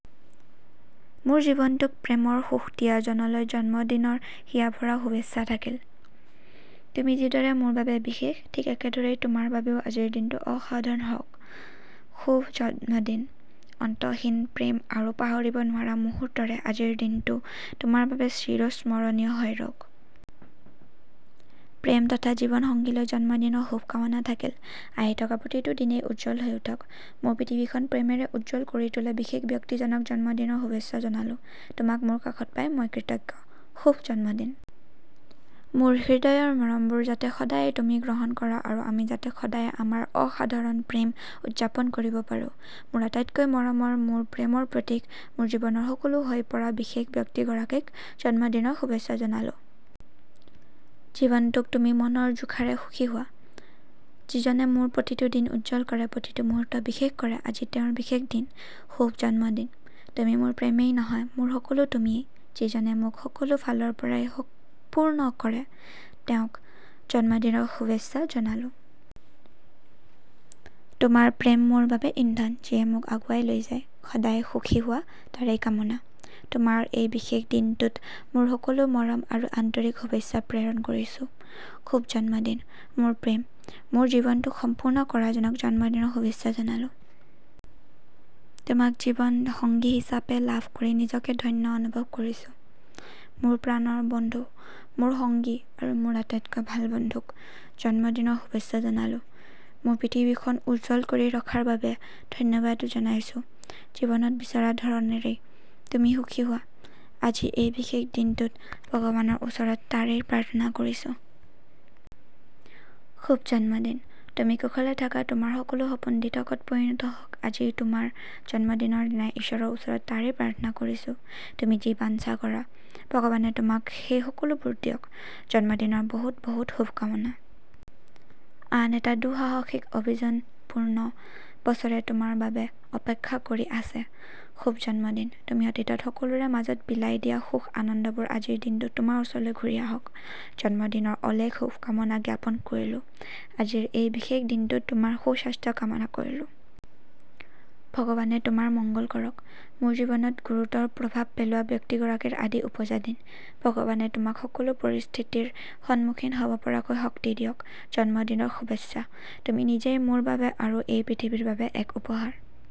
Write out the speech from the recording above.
মোৰ জীৱনটোক প্ৰেমৰ সুখ দিয়াজনলৈ জন্মদিনৰ হিয়াভৰা শুভেচ্ছা থাকিল। তুমি যিদৰে মোৰ বাবে বিশেষ, ঠিক একেদৰেই তোমাৰ বাবেও আজিৰ দিনটো অসাধাৰণ হওঁক। শুভ জন্মদিন। অন্তহীন প্ৰেম আৰু পাহৰিব নোৱাৰা মুহূৰ্তৰে আজিৰ দিনটো তোমাৰ বাবে চিৰস্মৰণীয় হৈ ৰওঁক। প্ৰেম তথা জীৱন সংগীলৈ জন্মদিনৰ শুভকামনা থাকিল। আহি থকা প্ৰতিটো দিনেই উজ্জ্বল হৈ উঠক। মোৰ পৃথিৱীখন প্ৰেমেৰে উজ্জ্বল কৰি তোলা বিশেষ ব্যক্তিজনক জন্মদিনৰ শুভেচ্ছা জনালো। তোমাক মোৰ কাষত পাই মই কৃতজ্ঞ। শুভ জন্মদিন। মোৰ হৃদয়ৰ মৰমবোৰ যাতে সদায়েই তুমি গ্ৰহণ কৰা আৰু আমি যাতে সদায়েই আমাৰ অসাধাৰণ প্ৰেম উদযাপন কৰিব পাৰো। মোৰ আটাইতকৈ মৰমৰ, মোৰ প্ৰেমৰ প্ৰতীক, মোৰ জীৱনৰ সকলো হৈ পৰা বিশেষ ব্যক্তিগৰাকীক জন্মদিনৰ শুভেচ্ছা জনালো। জীৱনটোত তুমি মনৰ জোখাৰে সুখী হোৱা। যিজনে মোৰ প্ৰতিটো দিন উজ্জ্বল কৰে, প্ৰতিটো মুহূৰ্ত বিশেষ কৰে, আজি তেওঁৰ বিশেষ দিন। শুভ জন্মদিন! তুমি মোৰ প্ৰেমেই নহয়, মোৰ সকলো তুমিয়েই। যিজনে মোক সকলো ফালৰ পৰাই সম্পূৰ্ণ কৰে, তেওঁক জন্মদিনৰ শুভেচ্ছা জনালো। তোমাৰ প্ৰেম মোৰ বাবে ইন্ধন, যিয়ে মোক আগুৱাই লৈ যায়। সদায় সুখী হোৱা, তাৰেই কামনা। তোমাৰ এই বিশেষ দিনটোত মোৰ সকলো মৰম আৰু আন্তৰিক শুভেচ্ছা প্ৰেৰণ কৰিছো। শুভ জন্মদিন, মোৰ প্ৰেম! মোৰ জীৱনটো সম্পূৰ্ণ কৰাজনক জন্মদিনৰ শুভেচ্ছা জনালো। তোমাক জীৱন সংগী হিচাপে লাভ কৰি নিজকে ধন্য অনুভৱ কৰিছো। মোৰ প্ৰাণৰ বন্ধু, মোৰ সংগী আৰু মোৰ আটাইতকৈ ভাল বন্ধুক জন্মদিনৰ শুভেচ্ছা জনালো। মোৰ পৃথিৱীখন উজ্জ্বল কৰি ৰখাৰ বাবে ধন্যবাদো জনাইছো। জীৱনত বিচৰা ধৰণৰেই তুমি সুখী হোৱা, আজি এই বিশেষ দিনটোত ভগৱানৰ ওচৰত তাৰেই প্ৰাৰ্থনা কৰিছো। শুভ জন্মদিন! তুমি কুশলে থাকা। তোমাৰ সকলো সপোন দিঠকত পৰিণত হওঁক। আজি তোমাৰ জন্মদিনৰ দিনাই ইশ্বৰৰ ওচৰত তাৰেই প্ৰাৰ্থনা কৰিছো। তুমি যি বাঞ্চা কৰা, ভগৱানে তোমাক সেই সকলোবোৰ দিয়ক। জন্মদিনৰ বহুত বহুত শুভকামনা। আন এটা দুঃসাহসিক অভিযানপূৰ্ণ বছৰে তোমাৰ বাবে অপেক্ষা কৰি আছে। শুভ জন্মদিন। তুমি অতীতত সকলোৰে মাজত বিলাই দিয়া সুখ-আনন্দবোৰ আজিৰ দিনটোত তোমাৰ ওচৰলৈ ঘূৰি আহক। জন্মদিনৰ অলেখ শুভকামনা জ্ঞাপন কৰিলো। আজিৰ এই বিশেষ দিনটোত তোমাৰ সুস্বাস্থ্য কামনা কৰিলো। ভগৱানে তোমাৰ মংগল কৰক। মোৰ জীৱনত গুৰুতৰ প্ৰভাৱ পেলোৱা ব্যক্তিগৰাকীৰ আদি ওপজা দিন। ভগৱানে তোমাক সকলো পৰিস্থিতিৰ সন্মুখীন হ'ব পৰাকৈ শক্তি দিয়ক। জন্মদিনৰ শুভেচ্ছা! তুমি নিজেই মোৰ বাবে আৰু এই পৃথিৱীৰ বাবে এক উপহাৰ।